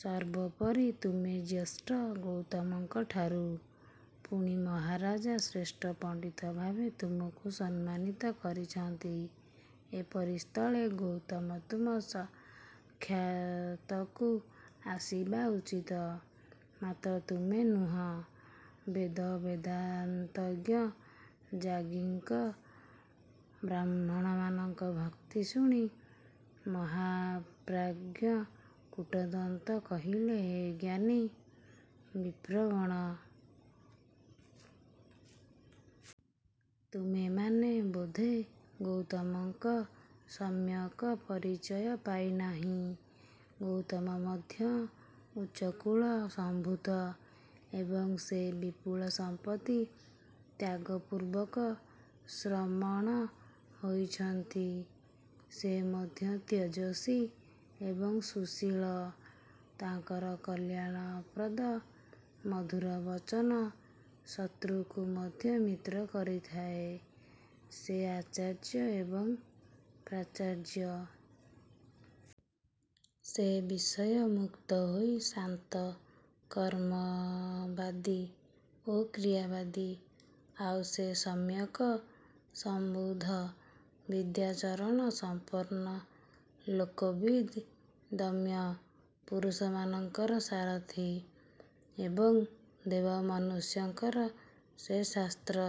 ସର୍ବୋପରି ତୁମେ ଜ୍ୟେଷ୍ଠ ଗୌତମଙ୍କ ଠାରୁ। ପୁଣି ମହାରାଜ ଶ୍ରେଷ୍ଠ ପଣ୍ଡିତ ଭାବେ ତୁମକୁ ସମ୍ମାନିତ କରିଛନ୍ତି। ଏପରି ସ୍ଥଳେ ଗୌତମ ତୁମ ସାକ୍ଷାତକୁ ଆସିବା ଉଚିତ; ମାତ୍ର ତୁମେ ନୁହଁ। ବେଦ ବେଦାନ୍ତଜ୍ଞ ଯାଜ୍ଞିକ ବ୍ରାହ୍ମଣମାନଙ୍କ ଉକ୍ତି ଶୁଣି ମହାପ୍ରାଜ୍ଞ କୂଟଦନ୍ତ କହିଲେ, ହେ ଜ୍ଞାନୀ ବିପ୍ରଗଣ! ତୁମେମାନେ ବୋଧେ ଗୌତମଙ୍କ ସମ୍ୟକ ପରିଚୟ ପାଇନାହିଁ। ଗୌତମ ମଧ୍ୟ ଉଚ୍ଚକୁଳ ସମ୍ଭୂତ ଏବଂ ସେ ବିପୁଳ ସମ୍ପତ୍ତି ତ୍ୟାଗପୂର୍ବକ ଶ୍ରମଣ ହୋଇଛନ୍ତି। ସେ ମଧ୍ୟ ତେଜସ୍ୱୀ ଏବଂ ସୁଶୀଳ। ତାଙ୍କର କଲ୍ୟାଣ ପ୍ରଦ ମଧୁର ବଚନ ଶତୃକୁ ମଧ୍ୟ ମିତ୍ର କରିଥାଏ। ସେ ଆଚାର୍ଯ୍ୟ ଏବଂ ପ୍ରାଚାର୍ଯ୍ୟ। ସେ ବିଷୟ ମୁକ୍ତ ହୋଇ ଶାନ୍ତ, କର୍ମବାଦୀ ଓ କ୍ରିୟାବାଦୀ-ଆଉ ସେ ସମ୍ୟକ ସଂବୁଦ୍ଧ, ବିଦ୍ୟାଚରଣ ସମ୍ପନ୍ନ ଲୋକବିଦ୍ ଦମ୍ୟ ପୁରୁଷମାନଙ୍କର ସାରଥୀ ଏବଂ ଦେବମନୁଷ୍ୟଙ୍କର ସେ ଶାସ୍ତ୍ର।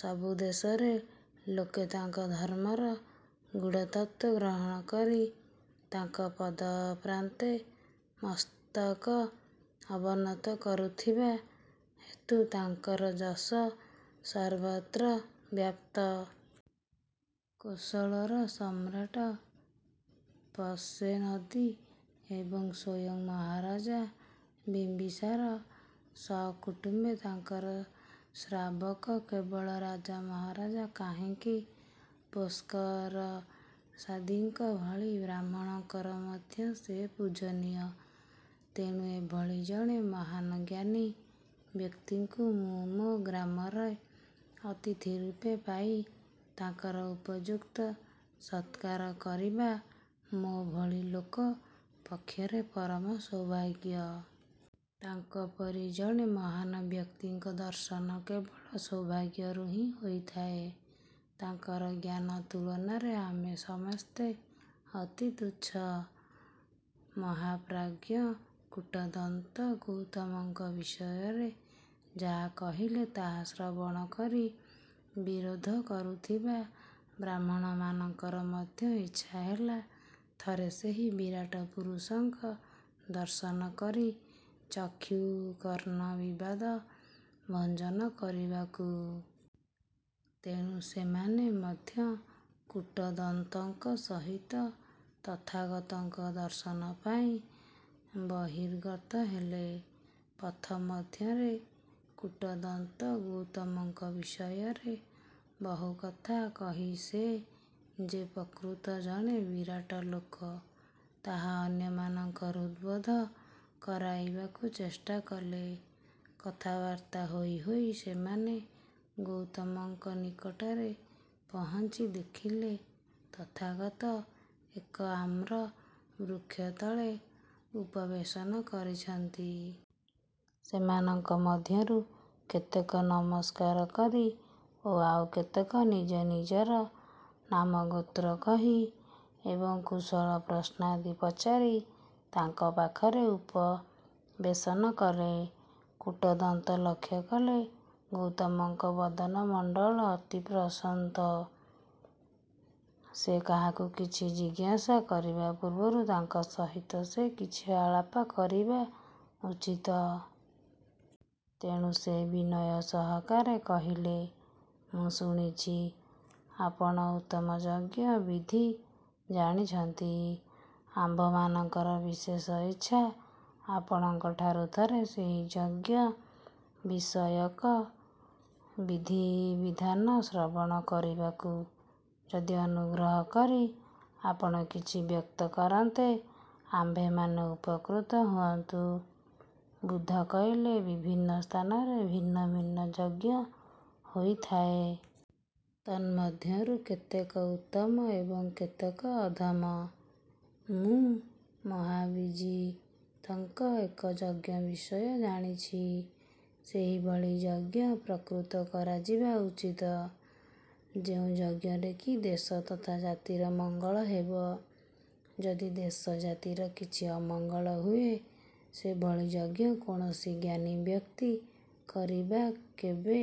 ସବୁଦେଶରେ ଲୋକେ ତାଙ୍କ ଧର୍ମର ଗୂଢ଼ତତ୍ତ୍ୱ ଗ୍ରହଣ କରି ତାଙ୍କ ପଦପ୍ରାନ୍ତେ ମସ୍ତକ ଅବନତ କରୁଥିବା ହେତୁ ତାଙ୍କର ଯଶ ସର୍ବତ୍ର ବ୍ୟାପ୍ତ। କୋଶଳର ସମ୍ରାଟ ପସେନଦୀ ଏବଂ ସ୍ୱୟଂ ମହାରାଜ ବିମ୍ୱିସାର ସକୁଟୁମ୍ୱେ ତାଙ୍କର ଶ୍ରାବକ। କେବଳ ରାଜା ମହାରାଜା କାହିଁକି ପୌଷ୍କରସାଦୀଙ୍କ ଭଳି ବ୍ରାହ୍ମଣଙ୍କର ମଧ୍ୟ ସେ ପୂଜନୀୟ। ତେଣୁ ଏଭଳି ଜଣେ ମହାନ୍ ଜ୍ଞାନୀ ବ୍ୟକ୍ତିଙ୍କୁ ମୁଁମୋ ଗ୍ରାମରେ ଅତିଥି ରୂପେ ପାଇ ତାଙ୍କର ଉପଯୁକ୍ତ ସତ୍କାର କରିବା ମୋଭଳି ଲୋକ ପକ୍ଷରେ ପରମ ସୌଭାଗ୍ୟ। ତାଙ୍କପରି ଜଣେ ମହାନ୍ ବ୍ୟକ୍ତିଙ୍କ ଦର୍ଶନ କେବଳ ସୌଭାଗ୍ୟରୁ ହିଁ ହୋଇଥାଏ। ତାଙ୍କର ଜ୍ଞାନ ତୁଳନାରେ ଆମେ ସମସ୍ତେ ଅତି ତୁଚ୍ଛ। ମହାପ୍ରାଜ୍ଞ କୂଟଦନ୍ତ ଗୌତମଙ୍କ ବିଷୟରେ ଯାହା କହିଲେ ତାହା ଶ୍ରବଣ କରି ବିରୋଧ କରୁଥିବା ବ୍ରାହ୍ମଣମାନଙ୍କର ମଧ୍ୟ ଇଚ୍ଛାହେଲା ଥରେ ସେହି ବିରାଟ ପୁରୁଷଙ୍କ ଦର୍ଶନ କରି ଚକ୍ଷୁ କର୍ଣ୍ଣ ବିବାଦ ଭଞ୍ଜନ କରିବାକୁ। ତେଣୁ ସେମାନେ ମଧ୍ୟ କୂଟଦନ୍ତଙ୍କ ସହିତ ତଥାଗତଙ୍କ ଦର୍ଶନ ପାଇଁ ବହିର୍ଗତ ହେଲେ। ପଥ ମଧ୍ୟରେ କୂଟଦନ୍ତ ଗୌତମଙ୍କ ବିଷୟରେ ବହୁ କଥା କହି ସେ ଯେ ପ୍ରକୃତ ଜଣେ ବିରାଟ ଲୋକ ତାହା ଅନ୍ୟମାନଙ୍କ ହୃଦବୋଧ କରାଇବାକୁ ଚେଷ୍ଟା କଲେ। କଥାବାର୍ତ୍ତା ହୋଇ ହୋଇ ସେମାନେ ଗୌତମଙ୍କ ନିକଟରେ ପହଞ୍ଚି ଦେଖିଲେ, ତଥାଗତ ଏକ ଆମ୍ରବୃକ୍ଷତଳେ ଉପବେଶନ କରିଛନ୍ତି। ସେମାନଙ୍କ ମଧ୍ୟରୁ କେତେକ ନମସ୍କାର କରି ଓ ଆଉ କେତେକ ନିଜ ନିଜର ନାମଗୋତ୍ର କହି ଏବଂ କୁଶଳ ପ୍ରଶ୍ନାଦି ପଚାରି ତାଙ୍କ ପାଖରେ ଉପବେଶନ କଲେ। କୂଟଦନ୍ତ ଲକ୍ଷ୍ୟ କଲେ ଗୌତମଙ୍କ ବଦନ ମଣ୍ଡଳ ଅତି ପ୍ରଶାନ୍ତ। ସେ କାହାକୁ କିଛି ଜିଜ୍ଞାସା କରିବା ପୂର୍ବରୁ ତାଙ୍କ ସହିତ ସେ କିଛି ଆଳାପ କରିବା ଉଚିତ। ତେଣୁ ସେ ବିନୟ ସହକାରେ କହିଲେ-ମୁଁ ଶୁଣିଛି ଆପଣ ଉତ୍ତମ ଯଜ୍ଞ ବିଦ୍ଧି ଜାଣିଛନ୍ତି। ଆମ୍ଭମାନଙ୍କର ବିଶେଷ ଇଚ୍ଛା ଆପଣଙ୍କଠାରୁ ଥରେ ସେହି ଯଜ୍ଞ ବିଷୟକ ବିଧିବିଧାନ ଶ୍ରବଣ କରିବାକୁ। ଯଦି ଅନୁଗ୍ରହ କରି ଆପଣ କିଛି ବ୍ୟକ୍ତ କରନ୍ତେ ଆମ୍ଭେମାନେ ଉପକୃତ ହୁଅନ୍ତୁ। ବୁଦ୍ଧ କହିଲେ, ବିଭିନ୍ନ ସ୍ଥାନରେ ଭିନ୍ନ ଭିନ୍ନ ଯଜ୍ଞ ହୋଇଥାଏ। ତନ୍ମଧ୍ୟରୁ କେତେକ ଉତ୍ତମ ଏବଂ କେତେକ ଅଧମ। ମୁଁ ମହାବିଜିତଙ୍କ ଏକ ଯଜ୍ଞ ବିଷୟ ଜାଣିଛି। ସେହିଭଳି ଯଜ୍ଞ ପ୍ରକୃତ କରାଯିବା ଉଚିତ୍। ଯେଉଁ ଯଜ୍ଞରେ କି ଦେଶ ତଥା ଜାତିର ମଙ୍ଗଳ ହେବ। ଯଦି ଦେଶ ଜାତିର କିଛି ଅମଙ୍ଗଳ ହୁଏ ସେଭଳି ଯଜ୍ଞ କୌଣସି ଜ୍ଞାନୀ ବ୍ୟକ୍ତି କରିବା କେବେ